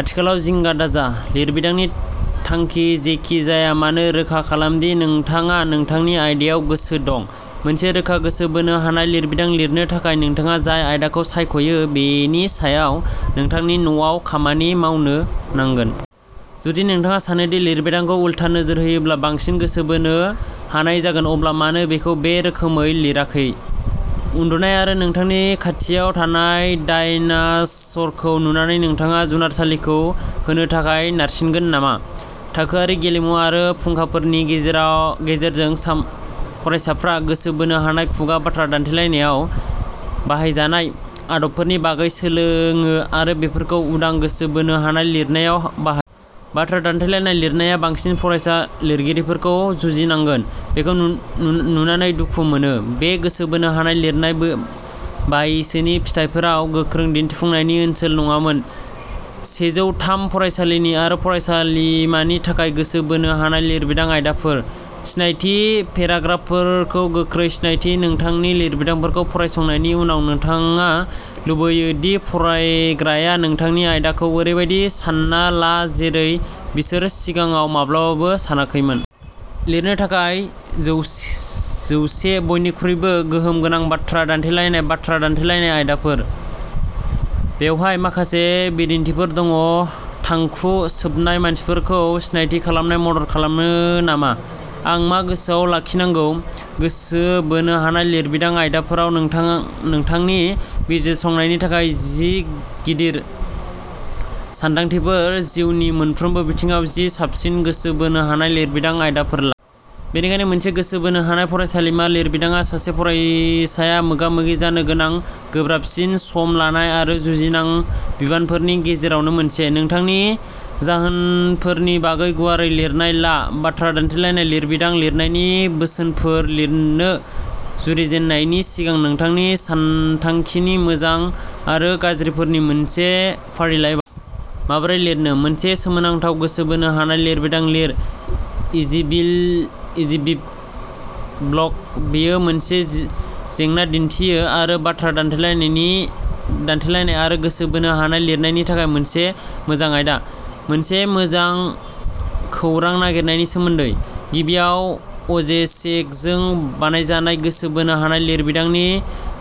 आथिखालाव जिंगा दाजा। लिरबिदांनि थांखि जेखि जाया मानो रोखा खालाम दि नोंथाङा नोंथांनि आयदायाव गोसो दं। मोनसे रोखा गोसो बोनो हानाय लिरबिदां लिरनो थाखाय नोंथाङा जाय आयदाखौ सायख'यो बेनि सायाव नोंथांनि न'आव खामानि मावनो नांगोन। जुदि नोंथाङा सानो दि लिरबिदांखौ उलथा नोजोर होयोब्ला बांसिन गोसो बोनो हानाय जागोन अब्ला मानो बेखौ बे रोखोमै लिराखै? उन्दुनाय आरो नोंथांनि खाथियाव थानाय डायनास'रखौ नुनानै नोंथाङा जुनारसालिखौ होनो थाखाय नारसिनगोन नामा? थाखोआरि गेलेमु आरो फुंखाफोरनि गेजेरजों साम फरायसाफ्रा गोसो बोनो हानाय खुगा बाथ्रा दान्थेलायनायाव बाहायजानाय आदबफोरनि बागै सोलोङो आरो बेफोरखौ उदां गोसो बोनो हानाय लिरनायाव बाहायो। बाथ्रा दान्थेलायनाय लिरनाया बांसिन फरायसा लिरगिरिफोरखौ जुजिनांगोन। बेखौ नु नुनानै दुखु मोनो। बे गोसो बोनो हानाय लिरनाया बायैसोनि फिथायफोराव गोख्रों दिन्थिफुंनायनि ओनसोल नङामोन। सेजौ थाम फरायसालिनि आरो फरायसालिमानि थाखाय गोसो बोनो हानाय लिरबिदां आयदाफोर, सिनायथि पेराग्राफफोरखौ गोख्रै सिनायथि नोंथांनि लिरबिदांखौ फरायखांनायनि उनाव नोंथाङा लुबैयो दि फरायग्राया नोंथांनि आयदाखौ ओरैबायदि सानना ला जेरै बिसोर सिगाङाव माब्लाबाबो सानाखैमोन। लिरनो थाखाय जौ जौसे बयनिख्रुइबो गोहोम गोनां बाथ्रा दान्थेलायनाय बाथ्रा दान्थेलायनाय आयदाफोर। बेवहाय माखासे बिदिन्थिफोर दङ'। थांखु सोबनाय मानसिफोरखौ सिनायथि खालामनायाव मदद खालामो नामा? आं मा गोसोआव लाखिनांगौ। गोसो बोनो हानाय लिरबिदां आयदाफोराव नोंथां नोंथांनि बिजिरसंनायनि थाखाय जि गिदिर सानदांथिफोर जिउनि मोनफ्रोमबो बिथिङाव जि साबसिन गोसो बोनो हानाय लिरबिदां आयदाफोर ला। बेनिखायनो मोनसे गोसो बोनो हानाय फरायसालिमा लिरबिदांआ सासे फरायसाया मोगा-मोगि जानो गोनां गोब्राबसिन सम लानाय आरो जुजिनां बिबानफोरनि गेजेरावनो मोनसे। नोंथांनि जाहोनफोरनि बागै गुवारै लिरनाय ला। बाथ्रा दान्थेलायनाय लिरबिदां लिरनायनि बोसोनफोर लिरनो जुरिजेननायनि सिगां नोंथांनि सानथांखिनि मोजां आरो गाज्रिफोरनि मोनसे फारिलाइ माबोरै लिरनो? मोनसे सोमोनांथाव गोसो बोनो हानाय लिरबिदां लिर इजिबिल इजिबिब ब्लग। बेयो मोनसे जेंना दिन्थियो आरो बाथ्रा दान्थेलायनायनि दान्थेलायनाय आरो गोसो बोनो हानाय लिरनायनि थाखाय मोनसे मोजां आयदा। मोनसे मोजां खौरां नागिरनायनि सोमोन्दै? गिबियाव अजेसिकजों बानायजानाय गोसो बोनो हानाय लिरबिदांनि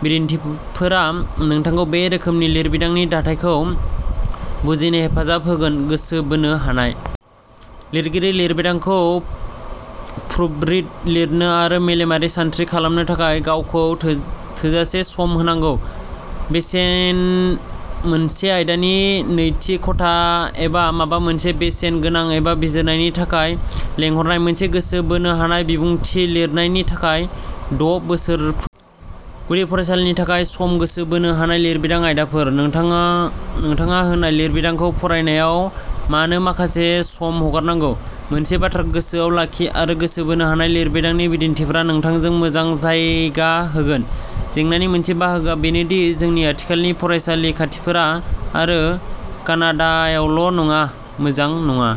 बिदिन्थिफोरा नोंथांखौ बे रोखोमनि लिरबिदांनि दाथायखौ बुजिनो हेफाजाब होगोन गोसो बोनो हानाय। लिरगिरि लिरबिदांखौ प्रुफरिड लिरनो आरो मेलेमारि सानथ्रि खालामनो थाखाय गावखौ थो थोजासे सम होनांगौ। बेसेन मोनसे आयदानि नैति कता एबा माबा मोनसे बेसेन गोनां एबा बिजिरनायनि थाखाय लेंहरनाय। मोनसे गोसो बोनो हानाय बिबुंथि लिरनायनि थाखाय द’ बोसोर गुदि फरायसालिनि थाखाय सम गोसो बोनो हानाय लिरबिदां आयदाफोर। नोंथाङा नोंथाङा होनाय लिरबिदांखौ फरायनायाव मानो माखासे सम हगारनांगौ? मोनसे बाथ्राखौ गोसोआव लाखि आरो गोसो बोनो हानाय लिरबिदांनि बिदिन्थिफोरा नोंथांजों मोजां जायगा होगोन। जेंनानि मोनसे बाहागोआ बेनोदि जोंनि आथिखालनि फरायसालि खान्थिफोरा आरो कानाडायावल' नङा मोजां नङा।